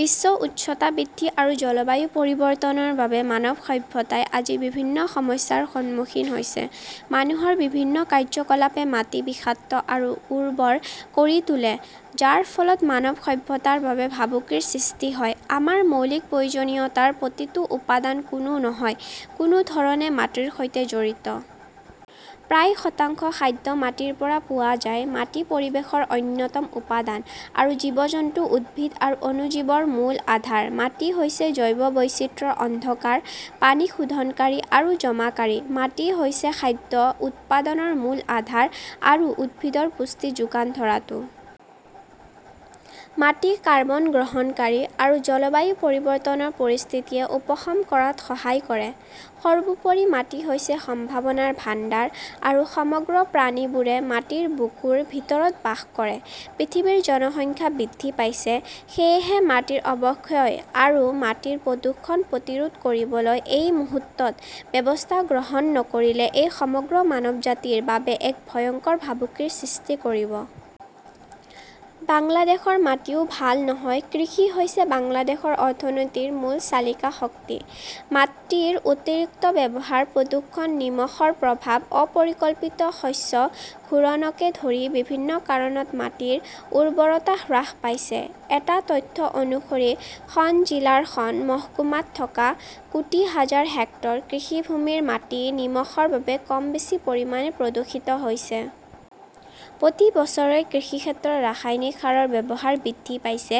বিশ্ব উষ্ণতা বৃদ্ধি আৰু জলবায়ু পৰিৱৰ্তনৰ বাবে মানৱ সভ্যতাই আজি বিভিন্ন সমস্যাৰ সন্মুখীন হৈছে। মানুহৰ বিভিন্ন কাৰ্যকলাপে মাটি বিষাক্ত আৰু উৰ্বৰ কৰি তোলে, যাৰ ফলত মানৱ সভ্যতাৰ বাবে ভাবুকিৰ সৃষ্টি হয়। আমাৰ মৌলিক প্ৰয়োজনীয়তাৰ প্ৰতিটো উপাদান কোনো নহয় কোনো ধৰণে মাটিৰ সৈতে জড়িত। প্ৰায় শতাংশ খাদ্য মাটিৰ পৰা পোৱা যায়। মাটি পৰিৱেশৰ অন্যতম উপাদান আৰু জীৱ-জন্তু, উদ্ভিদ আৰু অণুজীৱৰ মূল আধাৰ। মাটি হৈছে জৈৱ বৈচিত্ৰ্যৰ অন্ধকাৰ, পানী শোধনকাৰী আৰু জমাকাৰী। মাটি হৈছে খাদ্য উৎপাদনৰ মূল আধাৰ আৰু উদ্ভিদৰ পুষ্টি যোগান ধৰোঁতা। মাটি কাৰ্বন গ্ৰহণকাৰী আৰু জলবায়ু পৰিৱৰ্তনৰ পৰিস্থিতিয়ে উপশম কৰাত সহায় কৰে। সৰ্বোপৰি, মাটি হৈছে সম্ভাৱনাৰ ভাণ্ডাৰ আৰু সমগ্ৰ প্ৰাণীবোৰে মাটিৰ বুকুৰ ভিতৰত বাস কৰে। পৃথিৱীৰ জনসংখ্যা বৃদ্ধি পাইছে। সেয়েহে মাটিৰ অৱক্ষয় আৰু মাটিৰ প্ৰদূষণ প্ৰতিৰোধ কৰিবলৈ এই মুহূৰ্তত ব্যৱস্থা গ্ৰহণ নকৰিলে ই সমগ্ৰ মানৱজাতিৰ বাবে এক ভয়ংকৰ ভাবুকিৰ সৃষ্টি কৰিব। বাংলাদেশৰ মাটিও ভাল নহয়। কৃষি হৈছে বাংলাদেশৰ অৰ্থনীতিৰ মূল চালিকা শক্তি। মাটিৰ অতিৰিক্ত ব্যৱহাৰ, প্ৰদূষণ, নিমখৰ প্ৰভাৱ, অ-পৰিকল্পিত শস্য ঘূৰণকে ধৰি বিভিন্ন কাৰণত মাটিৰ উৰ্বৰতা হ্ৰাস পাইছে। এটা তথ্য অনুসৰি, খন জিলাৰ খন মহকুমাত থকা কোটি হাজাৰ হেক্টৰ কৃষিভূমিৰ মাটি নিমখৰ বাবে কম বেছি পৰিমাণে প্ৰদূষিত হৈছে। প্ৰতি বছৰে কৃষিক্ষেত্ৰত ৰাসায়নিক সাৰৰ ব্যৱহাৰ বৃদ্ধি পাইছে,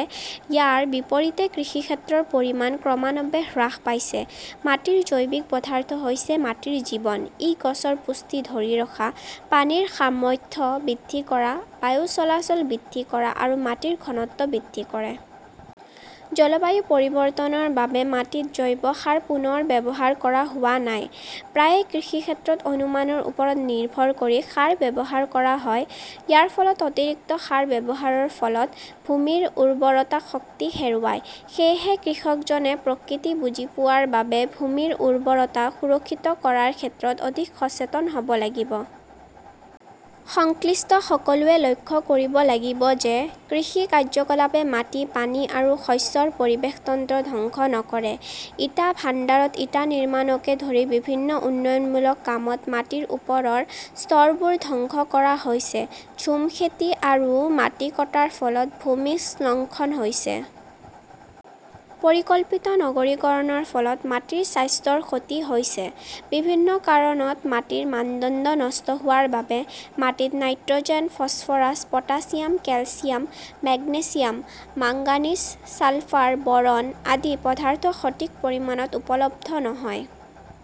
ইয়াৰ বিপৰীতে কৃষিক্ষেত্ৰৰ পৰিমাণ ক্ৰমান্বয়ে হ্ৰাস পাইছে। মাটিৰ জৈৱিক পদাৰ্থ হৈছে মাটিৰ জীৱন। ই গছৰ পুষ্টি ধৰি ৰখা, পানীৰ সামৰ্থ্য বৃদ্ধি কৰা, বায়ু চলাচল বৃদ্ধি কৰা আৰু মাটিৰ ঘনত্ব বৃদ্ধি কৰে। জলবায়ু পৰিৱৰ্তনৰ বাবে মাটিত জৈৱ সাৰ পুনৰ্ব্যৱহাৰ কৰা হোৱা নাই। প্ৰায়ে কৃষিক্ষেত্ৰত অনুমানৰ ওপৰত নিৰ্ভৰ কৰি সাৰ ব্যৱহাৰ কৰা হয়। ইয়াৰ ফলত অতিৰিক্ত সাৰ ব্যৱহাৰৰ ফলত ভূমিৰ উৰ্বৰতা শক্তি হেৰুৱায়। সেয়েহে কৃষকজনে প্ৰকৃতি বুজি পোৱাৰ বাবে ভূমিৰ উৰ্বৰতা সুৰক্ষিত কৰাৰ ক্ষেত্ৰত অধিক সচেতন হ 'ব লাগিব। সংশ্লিষ্ট সকলোৱে লক্ষ্য কৰিব লাগিব যে কৃষি কাৰ্যকলাপে মাটি, পানী আৰু শস্যৰ পৰিৱেশ তন্ত্ৰ ধ্বংস নকৰে। ইটা ভাণ্ডাৰত ইটা নিৰ্মাণকে ধৰি বিভিন্ন উন্নয়নমূলক কামত মাটিৰ ওপৰৰ স্তৰবোৰ ধ্বংস কৰা হৈছে। ঝুম খেতি আৰু মাটি কটাৰ ফলত ভূমিস্খলন হৈছে। পৰিকল্পিত নগৰীকৰণৰ ফলত মাটিৰ স্বাস্থ্যৰ ক্ষতি হৈছে। বিভিন্ন কাৰণত মাটিৰ মানদণ্ড নষ্ট হোৱাৰ বাবে মাটিত nitrogen, phosphorus, potassium, calcium, magnesium, manganese, sulphur, boron আদি পদাৰ্থ সঠিক পৰিমাণত উপলব্ধ নহয়।